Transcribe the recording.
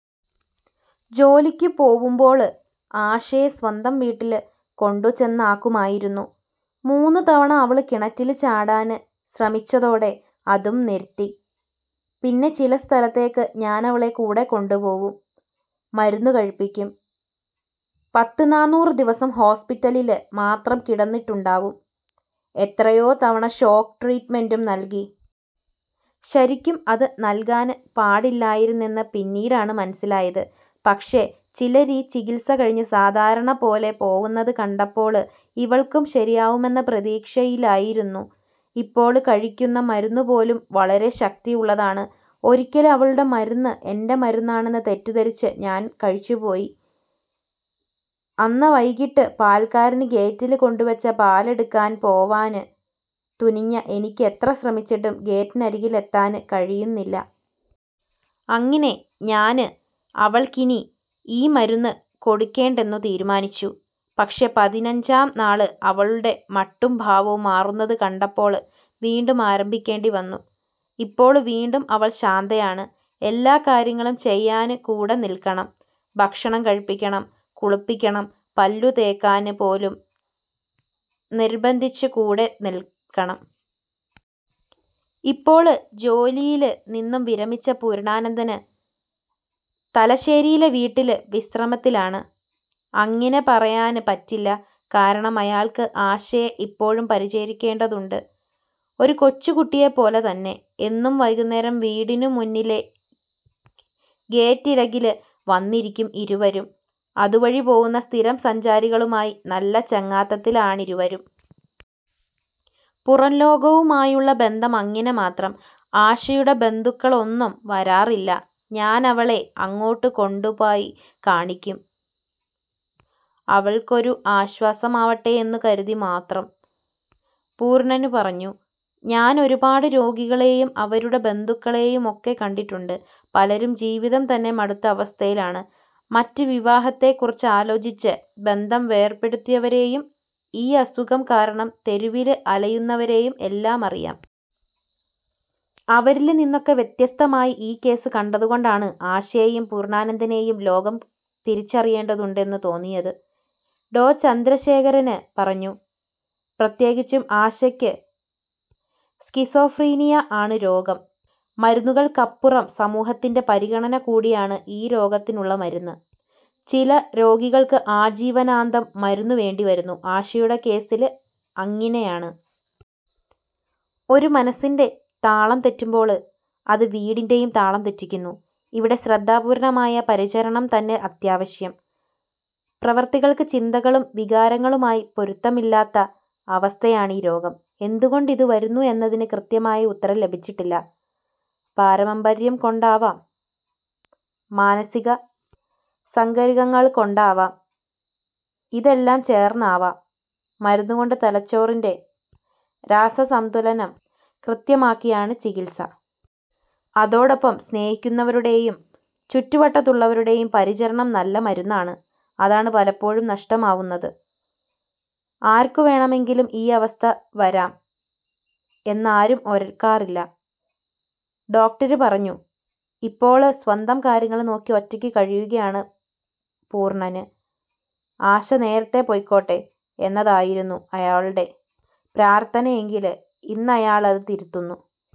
ജോലിക്കു പോവുമ്പോള് ആശയെ സ്വന്തം വീട്ടില് കൊണ്ടുചെന്നാക്കുമായിരുന്നു. മൂന്നു തവണ അവള് കിണറ്റില് ചാടാന് ശ്രമിച്ചതോടെ അതും നിര്ത്തി. പിന്നെ ചില സ്ഥലത്തേക്ക് ഞാനവളെ കൂടെ കൊണ്ടുപോവും. മരുന്ന് കഴിപ്പിക്കും. പത്ത് നാനൂറ് ദിവസം ഹോസ്പിറ്റലില് മാത്രം കിടന്നിട്ടുണ്ടാവും. എത്രയോ തവണ ഷോക്ക് ട്രീറ്റ് മെന്റ്ും നല്കി. ശരിക്കും അത് നല്കാന് പാടില്ലായിരുന്നെന്ന് പിന്നീടാണ് മന്സിലായത്. പക്ഷെ ചിലര് ഈ ചികിത്സ കഴിഞ്ഞ് സാധാരണ പോലെ പോവുന്നത് കണ്ടപ്പോള് ഇവള്ക്കും ശരിയാവുമെന്ന പ്രതീക്ഷയിലായിരുന്നു. ഇപ്പോള് കഴിക്കുന്ന മരുന്നു പോലും വളരെ ശക്തിയുള്ളതാണ്. ഒരിക്കല് അവളുടെ മരുന്ന് എന്റെ മരുന്നാണെന്ന് തെറ്റിദ്ധരിച്ച് ഞാന് കഴിച്ചുപോയി. അന്ന വൈകീട്ട് പാല്ക്കാരന് ഗേറ്റില് കൊണ്ടുവെച്ച പാലെടുക്കാന് പോവാന് തുനിഞ്ഞ എനിക്ക് എത്ര ശ്രമിച്ചിട്ടും ഗേറ്റിനരികിലെത്താന് കഴിയുന്നില്ല. അങ്ങിനെ ഞാന് അവള്ക്കിനി ഈ മരുന്ന് കൊടുക്കേണ്ടെന്നു തീരുമാനിച്ചു. പക്ഷെ പതിനഞ്ചാം നാള് അവളുടെ മട്ടും ഭാവവും മാറുന്നത് കണ്ടപ്പോള് വീണ്ടും ആരംഭിക്കേണ്ടി വന്നു. ഇപ്പോള് വീണ്ടും അവള് ശാന്തായാണ്. എല്ലാ കാര്യങ്ങളും ചെയ്യാന് കൂടെ നില്ക്കണം. ഭക്ഷണം കഴിപ്പിക്കണം. കുളിപ്പിക്കണം. പല്ലു തേക്കാന് പോലും നിര്ബ്ബന്ധിച്ച് കൂടെ നില്ക്കണം. ഇപ്പോള് ജോലിയില് നിന്നും വിരമിച്ച പൂര്ണ്ണാനന്ദന് തലശ്ശേരിയിലെ വീട്ടില് വിശ്രമത്തിലാണ്. അങ്ങിനെ പറയാന് പറ്റില്ല. കാരണം അയാള്ക്ക് ആശയെ ഇപ്പോഴും പരിചരിക്കേണ്ടതുണ്ട്. ഒരു കൊച്ചുകുട്ടിയെ പോലെ തന്നെ. എന്നും വൈകുന്നേരം വീടിനു മുന്നിലെ ഗേറ്റിരകില് വന്നിരിക്കും ഇരുവരും. അതുവഴി പോവുന്ന സ്ഥിരം സഞ്ചാരികളുമായി നല്ല ചങ്ങാത്തത്തിലാണിരുവരും. പുറംലോകവുമായുള്ള ബന്ധം അങ്ങിനെ മാത്രം. ആശയുടെ ബന്ധുക്കളൊന്നും വരാറില്ല. ഞാനവളെ അങ്ങോട്ട് കൊണ്ടുോപയി കാണിക്കും. അവള്ക്കൊരു ആശ്വാസമാവട്ടെ എന്നു കരുതി മാത്രം. പൂര്ണ്ണന് പറഞ്ഞു. ഞാന് ഒരുപാട് രോഗികളേയും അവരുടെ ബന്ധുക്കളേയുമൊക്കെ കണ്ടിട്ടുണ്ട്. പലരും ജീവിതം തന്നെ മടുത്ത അവസ്ഥയിലാണ്. മറ്റ് വിവാഹത്തെ കുറിച്ചാലോചിച്ച് ബന്ധം വേര്പെടുത്തിയവരേയും ഈ അസുഖം കാരണം തെരുവില് അലയുന്നവരേയും എല്ലാം അറിയാം. അവരില് നിന്നൊക്കെ വ്യത്യസ്തമായി ഈ കേസ് കണ്ടതുകൊണ്ടാണ് ആശയേയും പൂര്ണ്ണാനന്ദനേയും ലോകം തിരിച്ചറിയേണ്ടതുണ്ടെന്നു തോന്നിയത്. ഡോ ചന്ദ്രശേഖരന് പറഞ്ഞു. പ്രത്യേകിച്ചും ആശയ്ക്ക് സ്കിസോഫ്രീനിയ ആണ് രോഗം. മരുന്നുകള്ക്കപ്പുറം സമൂഹത്തിന്റെ പരിഗണന കൂടിയാണ് ഈ രോഗത്തിനുള്ള മരുന്ന്. ചില രോഗികള്ക്ക് ആജീവനാന്തം മരുന്നു വേണ്ടി വരുന്നു. ആശയുടെ കേസില് അങ്ങിനെയാണ്. ഒരു മനസ്സിന്റെ താളം തെറ്റുമ്പോള് അത് വീടിന്റെയും താളം തെറ്റിക്കുന്നു. ഇവിടെ ശ്രദ്ധാപൂര്ണമായ പരിചരണം തന്നെ അത്യാവശ്യം. പ്രവൃത്തികള്ക്ക് ചിന്തകളും വികാരങ്ങളുമായി പൊരുത്തമില്ലാത്ത അവസ്ഥയാണീ രോഗം. എന്തുകൊണ്ട് ഇതു വരുന്നു എന്നതിന് കൃത്യമായ ഉത്തരം ലഭിച്ചിട്ടില്ല. പാരമമ്പര്യം കൊണ്ടാവാം, മാനസിക സംഘര്ഘങ്ങള് കൊണ്ടാവാം, ഇതെല്ലാം ചേര്ന്നാവാം. മരുന്നു കൊണ്ട് തലച്ചോറിന്റെ രാസസംതുലനം കൃത്യമാക്കിയാണ് ചികിത്സ. അതോടൊപ്പം സ്നേഹിക്കുന്നവരുടെയും ചുറ്റുവട്ടത്തുള്ളവരുടെയും പരിചരണം നല്ല മരുന്നാണ്. അതാണ് പലപ്പോഴും നഷ്ടമാവുന്നത്. ആര്ക്കു വേണമെങ്കിലും ഈ അവസ്ഥ വരാം എന്നാരും ഓര്ക്കാറില്ല. ഡോക്ടര് പറഞ്ഞു. ഇപ്പോള് സ്വന്തം കാര്യങ്ങള് നോക്കി ഒറ്റയ്ക്ക് കഴിയുകയാണ് പൂര്ണന്. ആശ നേരത്തെ പോയ്ക്കോട്ടെ എന്നതായിരുന്നു അയാളുടെ പ്രാര്ഥനയെങ്കില് ഇന്നയാള് അത് തിരുത്തുന്നു.